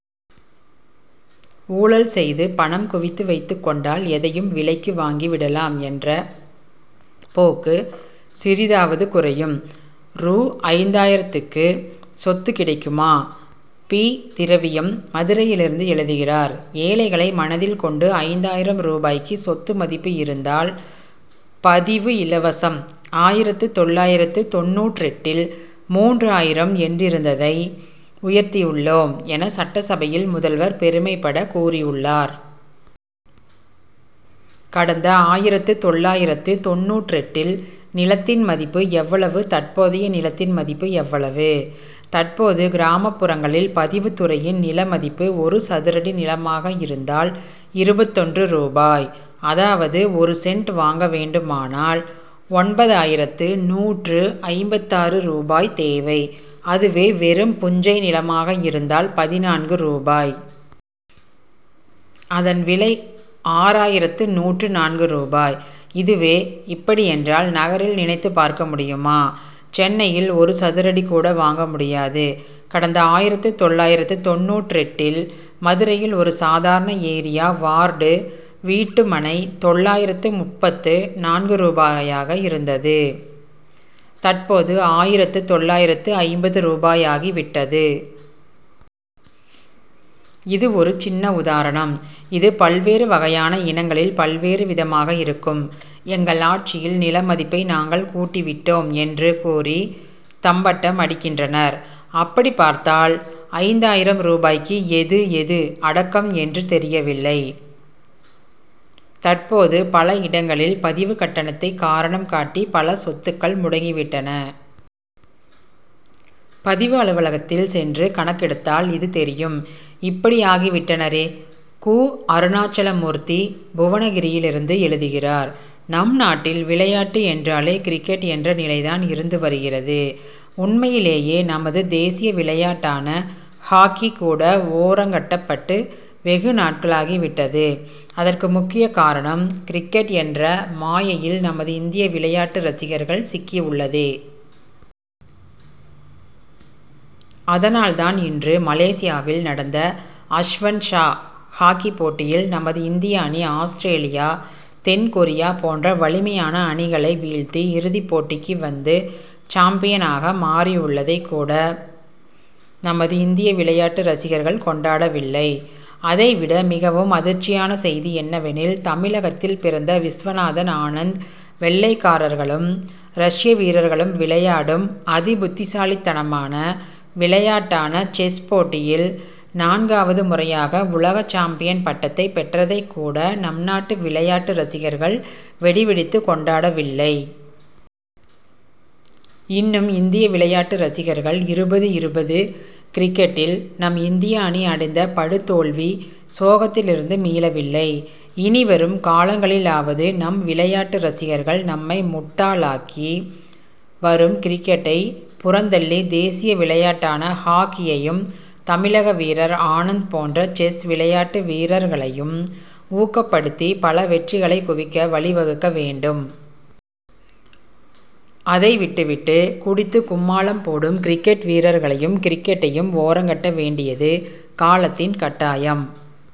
ஊழல் செய்து பணம் குவித்து வைத்துக் கொண்டால் எதையும் விலைக்கு வாங்கி விடலாம் என்ற போக்கு சிறிதாவது குறையும். ரூ. ஐந்தாயிரத்துக்கு சொத்து கிடைக்குமா? பி. திரவியம் மதுரையிலிருந்து எழுதுகிறார் ஏழைகளை மனதில் கொண்டு ஐந்தாயிரம் ரூபாய்க்கு சொத்து மதிப்பு இருந்தால் பதிவு இலவசம் ஆயிரத்து தொள்ளாயிரத்து தொண்ணூற்றெட்டில் மூன்றாயிரம் என்றிருந்ததை உயர்த்தியுள்ளோம் என சட்டசபையில் முதல்வர் பெருமைபட கூறியுள்ளார். கடந்த ஆயிரத்து தொள்ளாயிரத்து தொண்ணூற்றெட்டில் நிலத்தின் மதிப்பு எவ்வளவு தற்போதைய நிலத்தின் மதிப்பு எவ்வளவு? தற்போது கிராமப்புறங்களில் பதிவுத்துறையின் நில மதிப்பு ஒரு சதுரடி நிலமாக இருந்தால் இருபத்தொன்று ரூபாய். அதாவது ஒரு சென்ட் வாங்க வேண்டுமானால் ஒன்பதாயிரத்து நூற்று ஐம்பத்தாறு ரூபாய் தேவை. அதுவே வெறும் புஞ்சை நிலமாக இருந்தால் பதினான்கு ரூபாய். அதன் விலை ஆறாயிரத்து நூற்று நான்கு ரூபாய். இதுவே இப்படி என்றால் நகரில் நினைத்து பார்க்க முடியுமா? சென்னையில் ஒரு சதுரடி கூட வாங்க முடியாது. கடந்த ஆயிரத்து தொள்ளாயிரத்து தொண்ணூற்றெட்டில் மதுரையில் ஒரு சாதாரண ஏரியா வார்டு வீட்டுமனை தொள்ளாயிரத்து முப்பத்து நான்கு ரூபாயாக இருந்தது தற்போது ஆயிரத்து தொள்ளாயிரத்து ஐம்பது ரூபாயாகி விட்டது. இது ஒரு சின்ன உதாரணம். இது பல்வேறு வகையான இனங்களில் பல்வேறு விதமாக இருக்கும். எங்கள் ஆட்சியில் நிலமதிப்பை நாங்கள் கூட்டி விட்டோம் என்று கூறி தம்பட்டம் அடிக்கின்றனர். அப்படி பார்த்தால் ஐந்தாயிரம் ரூபாய்க்கு எது எது அடக்கம் என்று தெரியவில்லை. தற்போது பல இடங்களில் பதிவுக்கட்டணத்தை காரணம் காட்டி பல சொத்துக்கள் முடங்கி விட்டன. பதிவு அலுவலகத்தில் சென்று கணக்கெடுத்தால் இது தெரியும். இப்படியாகி விட்டனரே! கு. அருணாச்சலமூர்த்தி புவனகிரியிலிருந்து எழுதுகிறார் நம் நாட்டில் விளையாட்டு என்றாலே கிரிக்கெட் என்ற நிலைதான் இருந்து வருகிறது. உண்மையிலேயே நமது தேசிய விளையாட்டான ஹாக்கி கூட ஓரங்கட்டப்பட்டு வெகு நாட்களாகி விட்டது. அதற்கு முக்கிய காரணம் கிரிக்கெட் என்ற மாயையில் நமது இந்திய விளையாட்டு ரசிகர்கள் சிக்கி உள்ளதே. அதனால் தான் இன்று மலேசியாவில் நடந்த அஸ்வன் ஷா ஹாக்கி போட்டியில் நமது இந்திய அணி ஆஸ்திரேலியா தென் கொரியா போன்ற வலிமையான அணிகளை வீழ்த்தி இறுதிப் போட்டிக்கு வந்து சாம்பியனாக மாறியுள்ளதை கூட நமது இந்திய விளையாட்டு ரசிகர்கள் கொண்டாடவில்லை. அதைவிட மிகவும் அதிர்ச்சியான செய்தி என்னவெனில் தமிழகத்தில் பிறந்த விஸ்வநாதன் ஆனந்த் வெள்ளைக்காரர்களும் ரஷ்ய வீரர்களும் விளையாடும் அதி புத்திசாலித்தனமான விளையாட்டான செஸ் போட்டியில் நான்காவது முறையாக உலக சாம்பியன் பட்டத்தை பெற்றதைக் கூட நம் நாட்டு விளையாட்டு ரசிகர்கள் வெடி வெடித்து கொண்டாடவில்லை. இன்னும் இந்திய விளையாட்டு ரசிகர்கள் இருபது இருபது கிரிக்கெட்டில் நம் இந்திய அணி அடைந்த படுதோல்வி சோகத்திலிருந்து மீளவில்லை. இனிவரும் காலங்களிலாவது நம் விளையாட்டு ரசிகர்கள் நம்மை முட்டாளாக்கி வரும் கிரிக்கெட்டை புறந்தள்ளி தேசிய விளையாட்டான ஹாக்கியையும் தமிழக வீரர் ஆனந்த் போன்ற செஸ் விளையாட்டு வீரர்களையும் ஊக்கப்படுத்தி பல வெற்றிகளை குவிக்க வழிவகுக்க வேண்டும். அதைவிட்டு விட்டு குடித்து கும்மாளம் போடும் கிரிக்கெட் வீரர்களையும் கிரிக்கெட்டையும் ஓரங்கட்ட வேண்டியது காலத்தின் கட்டாயம்.